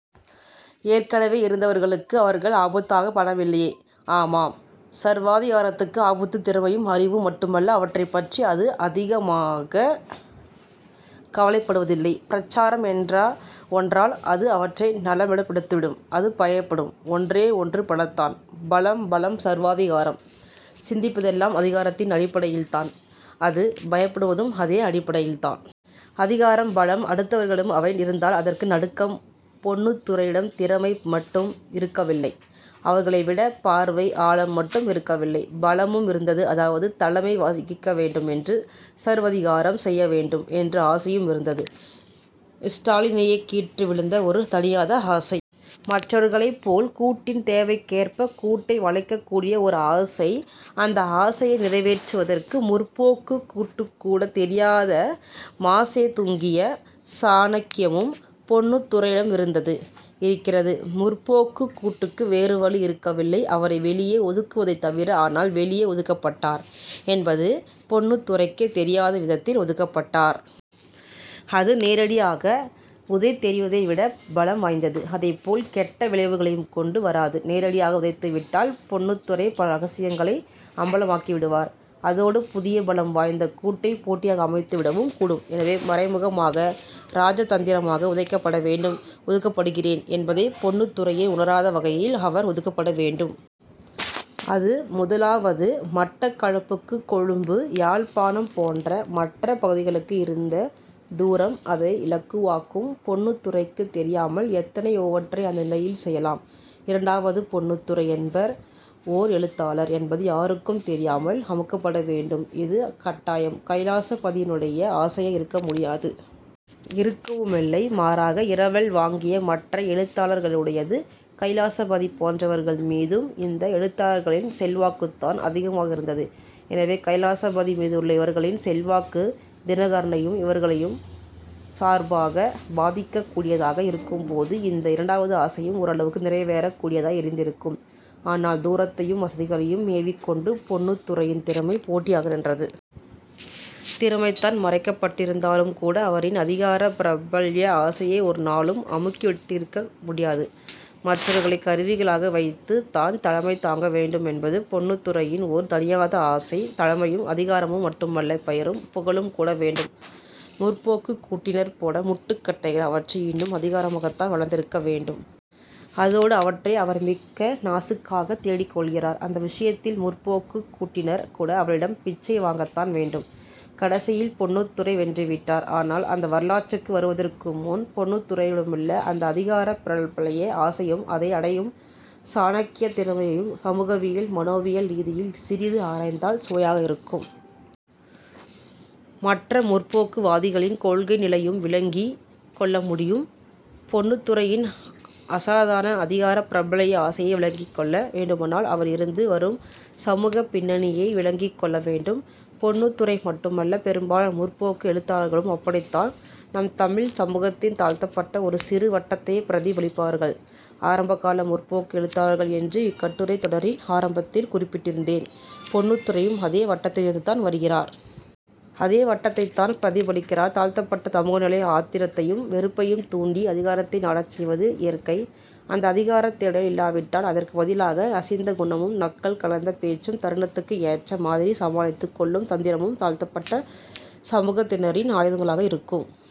ஏற்கனவே இருந்தவர்களுக்கு அவர்கள் ஆபத்தாகப் படவில்லையே? ஆமாம் சர்வாதிகாரத்துக்கு ஆபத்து திறமையும் அறிவும் மட்டுமல்ல. அவற்றைப்பற்றி அது அதிகமாகக் கவலைப்படுவதில்லை. பிரச்சாரம் என்ற ஒன்றால் அது அவற்றை நலமெடுத்துவிடும் அது பயப்படும் ஒன்றே ஒன்று பலந்தான். பலம் பலம் சர்வாதிகாரம். சிந்திப்பதெல்லாம் அதிகாரத்தின் அடிப்படையில்தான். அது பயப்படுவதும் அதே அடிப்படையில்தான். அதிகாரம் பலம். அடுத்தவர்களிடம் அவை இருந்தால் அதற்கு நடுக்கம். பொன்னுத்துரையிடம் திறமை மட்டும் இருக்கவில்லை. அவர்களைவிடப் பார்வை ஆழம் மட்டும் இருக்கவில்லை. பலமும் இருந்தது. அதாவது தலைமை வகிக்க வேண்டும் என்று, சர்வாதிகாரம் செய்ய வேண்டும் என்று ஆசையும் இருந்தது. ஸ்டாலினியக் கீற்று விழுந்த ஒரு தணியாத ஆசை. மற்றவர்களைப்போல் கூட்டின் தேவைக்கேற்பக் கூட்டை வளைக்கக் கூடிய ஓர் ஆசை. அந்த ஆசையை நிறைவேற்றுவதற்கு 'முற்போக்கு'க் கூட்டுக்குக்கூடத் தெரியாத மாசேதுங்கிய சாணக்கியமும் பொன்னுத்துரையிடம் இருந்தது; இருக்கிறது. 'முற்போக்கு'க் கூட்டுக்கு வேறு வழி இருக்கவில்லை. அவரை வெளியே ஒதுக்குவதைத் தவிர. ஆனால் வெளியே ஒதுக்கப்பட்டார் என்பது பொன்னுத்துரைக்கே தெரியாத விதத்தில் ஒதுக்கப்பட்டார். அது நேரடியாக உதைத்தெறிவதை விடப் பலம் வாய்ந்தது. அதைப்போல் கெட்ட விளைவுகளையும் கொண்டு வராது. நேரடியாக உதைத்துவிட்டால் பொன்னுத்துரை பல ரகசியங்களை அம்பலமாக்கிவிடுவார். அதோடு புதிய பலம் வாய்ந்த கூட்டை போட்டியாக அமைத்துவிடவும் கூடும். எனவே மறைமுகமாக ராஜதந்திரமாக உதைக்கப்பட வேண்டும். ஒதுக்கப்படுகிறேன் என்பதைப் பொன்னுத்துரையே உணராத வகையில் அவர் ஒதுக்கப்பட வேண்டும். அது முதலாவது. மட்டக்களப்புக்கும் கொழும்பு யாழ்ப்பாணம் போன்ற மற்ற பகுதிகளுக்கும் இருந்த தூரம் அதை இலகுவாக்கும். பொன்னுத்துரைக்குத் தெரியாமல் எத்தனையோவற்றை அந்த நிலையில் செய்யலாம். இரண்டாவது, பொன்னுத்துரை என்பவர் ஓர் எழுத்தாளர் என்பது யாருக்கும் தெரியாமல் அமுக்கப்பட வேண்டும். இது கட்டாயம் கைலாசபதியினுடைய ஆசையாய் இருக்க முடியாது. இருக்கவுமில்லை. மாறாக, இரவல் வாங்கிய மற்ற எழுத்தாளர்களுடையது. கைலாசபதி போன்றவர்கள் மீதும் இந்த எழுத்தாளர்களின் செல்வாக்குத்தான் அதிகமாக இருந்தது. எனவே கைலாசபதி மீதுள்ள இவர்களின் செல்வாக்கு 'தினகரனை'யும் இவர்களின் சார்பாகப் பாதிக்கக் கூடியதாக இருக்கும்போது இந்த இரண்டாவது ஆசையும் ஓரளவுக்கு நிறைவேறக் கூடியதாய் இருந்திருக்கும். ஆனால் தூரத்தையும் வசதிகளையும் மேவிக்கொண்டு பொன்னுத்துரையின் திறமை போட்டியாக நின்றது. திறமைதான் மறைக்கப்பட்டிருந்தாலுங்கூட அவரின் அதிகார பிரபல்ய ஆசையை ஒரு நாளும் அமுக்கிவிட்டிருக்க முடியாது. மற்றவர்களைக் கருவிகளாக வைத்துத் தான் தலைமை தாங்க வேண்டும் என்பது பொன்னுத்துரையின் ஒரு தணியாத ஆசை. தலைமையும் அதிகாரமும் மட்டுமல்ல பெயரும் புகழும் கூட வேண்டும். 'முற்போக்கு'க் கூட்டினர் போட்ட முட்டுக்கட்டைகள் அவற்றை இன்னும் அதிகமாகத்தான் வளர்த்திருக்க வேண்டும். அதோடு அவற்றை அவர் மிக நாசூக்காகத் தேடிக்கொள்கிறார். அந்த விஷயத்தில் 'முற்போக்கு'க் கூட்டினர் கூட அவரிடம் பிச்சை வாங்கத்தான் வேண்டும். கடைசியில் பொன்னுத்துரை வென்றுவிட்டார். ஆனால் அந்த வரலாற்றுக்கு வருவதற்கு முன் பொன்னுத்துரையிடமுள்ள அந்த அதிகார பிரபல்ய ஆசையையும் அதை அடையும் சாணக்கியத் திறமையையும் சமூகவியல், மனோவியல் ரீதியில் சிறிது ஆராய்ந்தால் சுவையாக இருக்கும். மற்ற 'முற்போக்கு' வாதிகளின் கொள்கை நிலையும் விளங்கிக் கொள்ள முடியும். பொன்னுத்துரையின் அசாதாரண அதிகார பிரபல்ய ஆசையை விளங்கிக்கொள்ள வேண்டுமானால் அவர் இருந்து வரும் சமூகப் பின்னணியை விளங்கிக்கொள்ள வேண்டும். பொன்னுத்துரை மட்டுமல்ல பெரும்பாலான 'முற்போக்கு' எழுத்தாளர்களும் அப்படித்தான். நம் தமிழ்ச் சமூகத்தின் தாழ்த்தப்பட்ட ஒரு சிறு வட்டத்தைப் பிரதிபலிப்பவர்கள்தான் ஆரம்பகால 'முற்போக்கு' எழுத்தாளர்கள் என்று இக்கட்டுரைத் தொடரின் ஆரம்பத்தில் குறிப்பிட்டிருந்தேன் பொன்னுத்துரையும் அதே வட்டத்திலிருந்துதான் வருகிறார். அதே வட்டத்தைத்தான் பிரதிபலிக்கிறார். தாழ்த்தப்பட்ட சமூகநிலை ஆத்திரத்தையும் வெறுப்பையும் தூண்டி அதிகாரத்தை நாடச் செய்வது இயற்கை. அந்த அதிகாரத் தேடல் இல்லாவிட்டால் அதற்குப் பதிலாக நசிந்த குணமும், நக்கல் கலந்த பேச்சும், தருணத்துக்கு ஏற்ற மாதிரிச் சமாளித்துக் கொள்ளும் தந்திரமும் தாழ்த்தப்பட்ட சமூகத்தினரின் ஆயுதங்களாக இருக்கும்.